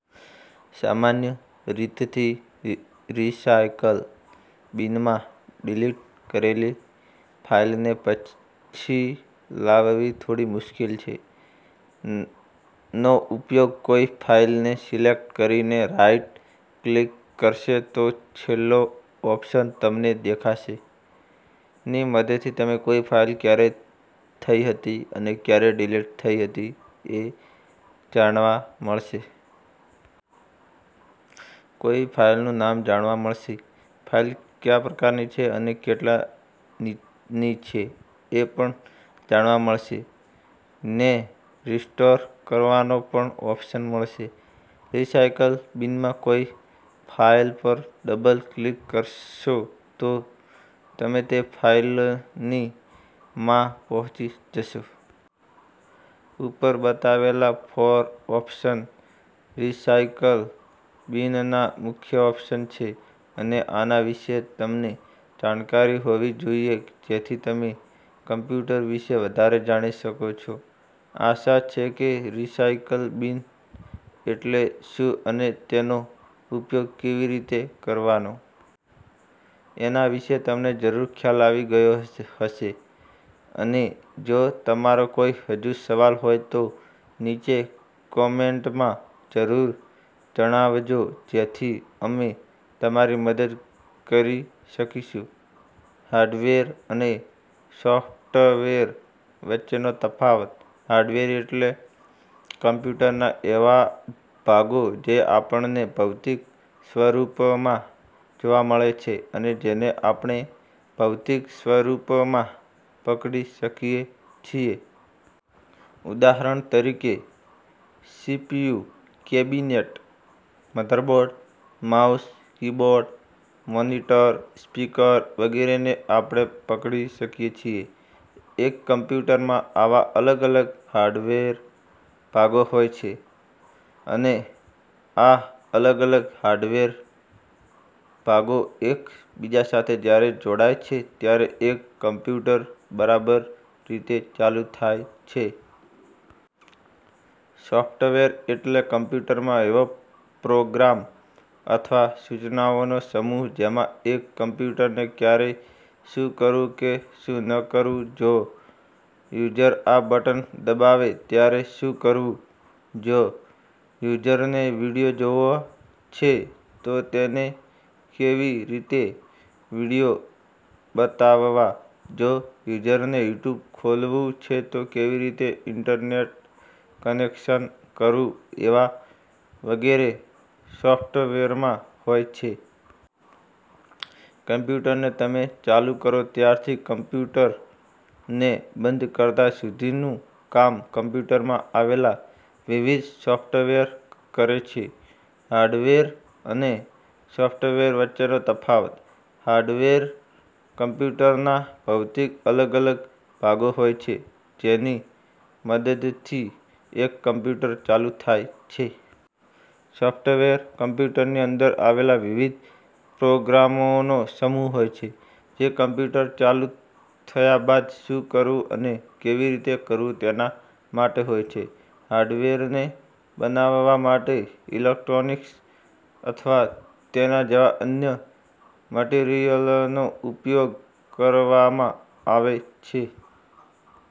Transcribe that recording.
સામાન્ય રીતથી recycle બિનમાં delete કરેલી ફાઇલને પછી લાવવી થોડી મુશ્કેલ છે. નો ઉપયોગ કોઈ ફાઇલને સિલેક્ટ કરીને રાઇટ ક્લિક કરશો તો છેલ્લો ઓપ્શન તમને દેખાશે. ની મદદથી તમે કોઈ ફાઇલ ક્યારે થઈ હતી અને ક્યારે ડિલીટ થઈ હતી એ જાણવા મળશે. કોઈ ફાઇલનું નામ જાણવા મળશે. ફાઇલ કયા પ્રકારની છે અને કેટલા ની છે એ પણ જાણવા મળશે. ને રિસ્ટોર કરવાનો પણ ઓપ્શન મળશે. રીસાઇકલ બિનમાં કોઈ ફાઇલ પર ડબલ ક્લિક કરશો તો તમે તે ફાઇલની માં પહોચી જશો. ઉપર બતાવેલા ફોર ઓપ્શન રીસાઇકલ બિનના મુખ્ય ઓપ્શન છે અને આના વિશે તમને જાણકારી હોવી જોઈએ જેથી તમે કમ્પ્યુટર વિશે વધારે જાણી શકો છો. આશા છે કે રીસાઇકલ બિન એટલે શું અને તેનો ઉપયોગ કેવી રીતે કરવાનો? એના વિશે તમને જરૂર ખ્યાલ આવી ગયો હશે અને જો તમારો કોઈ હજુ સવાલ હોય તો નીચે કોમેન્ટમાં જરૂર જણાવજો જેથી અમે તમારી મદદ કરી શકીશું. હાર્ડવેર અને સોફ્ટવેર વચ્ચેનો તફાવત. હાર્ડવેર એટલે કમ્પ્યુટરના એવા ભાગો જે આપણને ભૌતિક સ્વરૂપમાં જોવા મળે છે અને જેને આપણે ભૌતિક સ્વરૂપમાં પકડી શકીએ છીએ. ઉદાહરણ તરીકે CPU cabinet, motherboard, mouse, keyboard, monitor, speaker વગેરેને આપણે પકડી શકીએ છીએ. એક કમ્પ્યુટરમાં આવા અલગ-અલગ હાર્ડવેર ભાગો હોય છે અને આ અલગ-અલગ હાર્ડવેર ભાગો એક બીજા સાથે જ્યારે જોડાય છે ત્યારે એક કમ્પ્યુટર બરાબર રીતે ચાલુ થાય છે. સોફ્ટવેર એટલે કમ્પ્યુટરમાં એવા પ્રોગ્રામ અથવા સૂચનાઓનો સમૂહ જેમાં એક કમ્પ્યુટરને ક્યારે શું કરવું કે શું ન કરવું, જો યુઝર આ બટન દબાવે ત્યારે શું કરવું, જો યુઝરને વિડિયો જોવા છે તો તેને કેવી રીતે વિડિયો બતાવવા, જો યુઝરને યુટ્યુબ ખોલવું છે તો કેવી રીતે ઇન્ટરનેટ કનેક્શન કરવું એવા વગેરે સોફ્ટવેરમાં હોય છે. કમ્પ્યુટરને તમે ચાલુ કરો ત્યારથી કમ્પ્યુટરને બંધ કરતાં સુધીનું કામ કમ્પ્યુટરમાં આવેલા વિવિધ સોફ્ટવેર કરે છે. હાર્ડવેર અને સોફ્ટવેર વચ્ચેનો તફાવત. હાર્ડવેર કમ્પ્યુટરના ભૌતિક અલગ-અલગ ભાગો હોય છે જેની મદદથી એક કમ્પ્યુટર ચાલુ થાય છે. સોફ્ટવેર કમ્પ્યુટરની અંદર આવેલા વિવિધ પ્રોગ્રામોનો સમૂહ હોય છે જે કમ્પ્યુટર ચાલુ થયા બાદ શું કરવું અને કેવી રીતે કરવું તેના માટે હોય છે. હાર્ડવેરને બનાવવા માટે ઇલેક્ટ્રોનિક્સ અથવા તેના જેવા અન્ય મટિરિયલનો ઉપયોગ કરવામાં આવે છે.